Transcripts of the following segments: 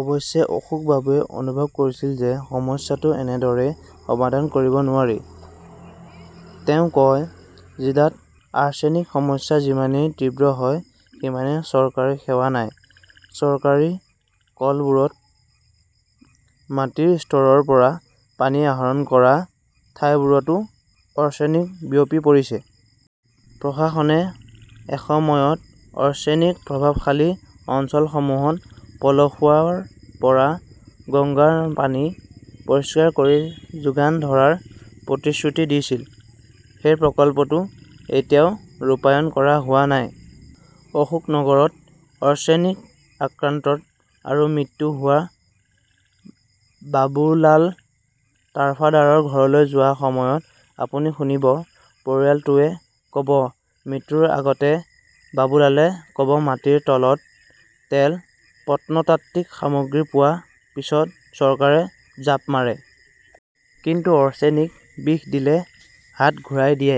অৱশ্যে অশোকবাবুৱে অনুভৱ কৰিছিল যে সমস্যাটো এনেদৰে সমাধান কৰিব নোৱাৰি। তেওঁ কয়, "জিলাত আৰ্ছেনিক সমস্যা যিমানেই তীব্ৰ হয় সিমানেই চৰকাৰী সেৱা নাই। চৰকাৰী কলবোৰত মাটিৰ স্তৰৰ পৰা পানী আহৰণ কৰা ঠাইবোৰতো আৰ্ছেনিক বিয়পি পৰিছে। "প্ৰশাসনে এসময়ত আৰ্ছেনিক প্ৰভাৱশালী অঞ্চলসমূহত পলসুৱাৰ পৰা গংগাৰ পানী পৰিষ্কাৰ কৰি যোগান ধৰাৰ প্ৰতিশ্ৰুতি দিছিল। সেই প্ৰকল্পটো এতিয়াও ৰূপায়ণ কৰা হোৱা নাই। অশোকনগৰত আৰ্ছেনিক আক্ৰান্ত আৰু মৃত্যু হোৱা বাবুলাল তাৰফাদাৰৰ ঘৰলৈ যোৱাৰ সময়ত আপুনি শুনিব, পৰিয়ালটোৱে ক 'ব, মৃত্যুৰ আগতে বাবুলালে ক' ব, 'মাটিৰ তলত তেল, প্ৰত্নতাত্ত্বিক সামগ্ৰী পোৱাৰ পিছত চৰকাৰে জাপ মাৰে। কিন্তু আৰ্ছেনিক-বিষ দিলে হাত ঘূৰাই দিয়ে।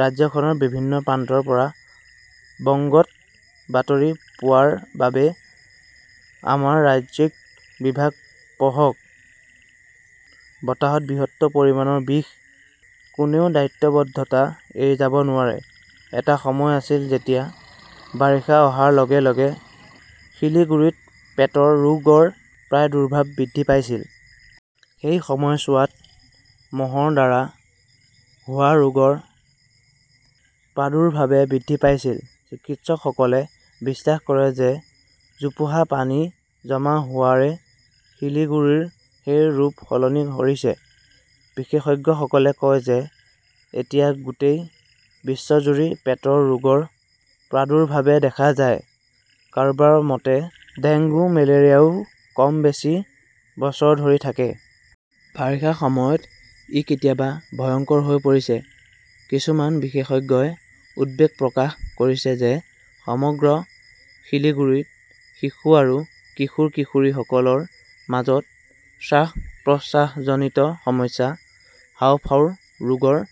"ৰাজ্যখনৰ বিভিন্ন প্ৰান্তৰ পৰা বংগত বাতৰি পোৱাৰ বাবে আমাৰ ৰাজ্যিক বিভাগ পঢ়ক। বতাহত বৃহৎ পৰিমাণৰ বিষ! কোনেও দায়বদ্ধতা এৰি যাব নোৱাৰে এটা সময় আছিল যেতিয়া বাৰিষা অহাৰ লগে লগে শিলিগুড়িত পেটৰ ৰোগৰ প্ৰাদুৰ্ভাৱ বৃদ্ধি পাইছিল। সেই সময়ছোৱাত মহৰ দ্বাৰা হোৱা ৰোগৰ প্ৰাদুৰ্ভাৱো বৃদ্ধি পাইছিল। চিকিৎসকসকলে বিশ্বাস কৰে যে জোপোহা-পানী জমা হোৱাটোৱে শিলিগুৰিৰ সেই ৰূপ সলনি কৰিছে। বিশেষজ্ঞসকলে কয় যে এতিয়া গোটেই বছৰজুৰি পেটৰ ৰোগৰ প্ৰাদুৰ্ভাৱ দেখা যায়। কাৰোবাৰ মতে, ডেংগু, মেলেৰিয়াও কম বেছি বছৰ ধৰি থাকে। বাৰিষাৰ সময়ত ই কেতিয়াবা ভয়ংকৰ হৈ পৰিছে। কিছুমান বিশেষজ্ঞই উদ্বেগ প্ৰকাশ কৰিছে যে সমগ্ৰ শিলিগুড়িত শিশু আৰু কিশোৰ-কিশোৰীসকলৰ মাজত শ্বাস-প্ৰশ্বাসজনিত সমস্যা, হাঁওফাঁওৰ ৰোগৰ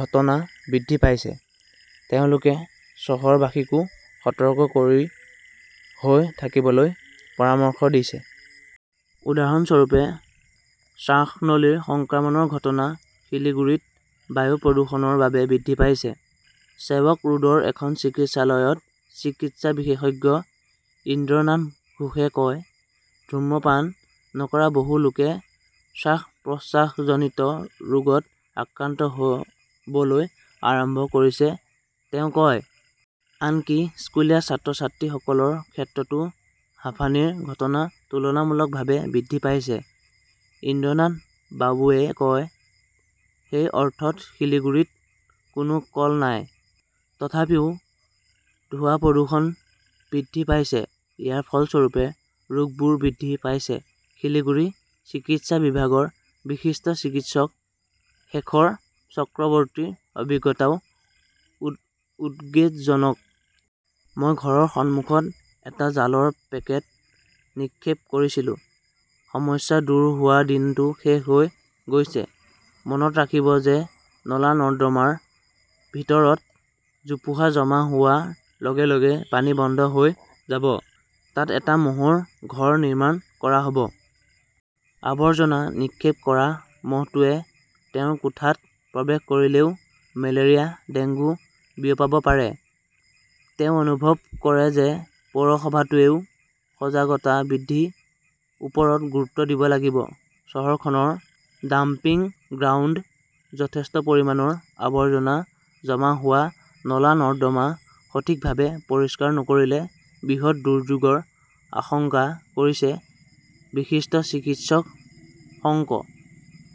ঘটনা বৃদ্ধি পাইছে। তেওঁলোকে চহৰবাসীকো সতৰ্ক হৈ থাকিবলৈ পৰামৰ্শ দিছে। উদাহৰণস্বৰূপে, শ্বাসনলীৰ সংক্ৰমণৰ ঘটনা সিলিগুৰীত বায়ু প্ৰদূষণৰ বাবে বৃদ্ধি পাইছে ", ছেৱক ৰোডৰ এখন চিকিৎসালয়ত চিকিৎসা বিশেষজ্ঞ ইন্দ্ৰনাথ ঘোষে কয়। ধূমপান নকৰা বহু লোকে শ্বাস-প্ৰশ্বাসজনিত ৰোগত আক্ৰান্ত হ "বলৈ আৰম্ভ কৰিছে, তেওঁ কয়। আনকি স্কুলীয়া ছাত্ৰ-ছাত্ৰীসকলৰ ক্ষেত্ৰতো হাঁপানিৰ ঘটনা তুলনামূলকভাৱে বৃদ্ধি পাইছে। ইন্দ্ৰনাথ বাবুৱে কয়, "সেই অৰ্থত শিলিগুড়িত কোনো কল নাই। তথাপিও ধোঁৱা-প্ৰদূষণ বৃদ্ধি পাইছে। ইয়াৰ ফলস্বৰূপে ৰোগবোৰো বৃদ্ধি পাইছে। "শিলিগুড়িৰ চিকিৎসা বিভাগৰ বিশিষ্ট চিকিৎসক শেখৰ চক্ৰৱৰ্তীৰ অভিজ্ঞতাও উদ্বেগজনক। "মই ঘৰৰ সন্মুখত এটা জালৰ পেকেট নিক্ষেপ কৰিছিলো। সমস্যা দূৰ হোৱাৰ দিনটো শেষ হৈ গৈছে। মনত ৰাখিব যে নলা-নৰ্দমাৰ ভিতৰত জোপোহা জমা হোৱাৰ লগে লগে পানী বন্ধ হৈ যাব। তাত এটা মহৰ ঘৰ নিৰ্মাণ কৰা হ "ব। আৱৰ্জনা নিক্ষেপ কৰা মহটোৱে তেওঁৰ কোঠাত প্ৰৱেশ কৰিলেও মেলেৰিয়া, ডেংগু বিয়পাব পাৰে। "তেওঁ অনুভৱ কৰে যে পৌৰসভাটোৱেও সজাগতা বৃদ্ধিৰ ওপৰত গুৰুত্ব দিব লাগিব। চহৰখনৰ ডাম্পিং গ্ৰাউণ্ড, যথেষ্ট পৰিমাণৰ আৱৰ্জনা জমা হোৱা, নলা-নৰ্দমা সঠিকভাৱে পৰিষ্কাৰ নকৰিলে বৃহৎ দুৰ্যোগৰ আশংকা কৰিছে বিশিষ্ট চিকিৎসক শংক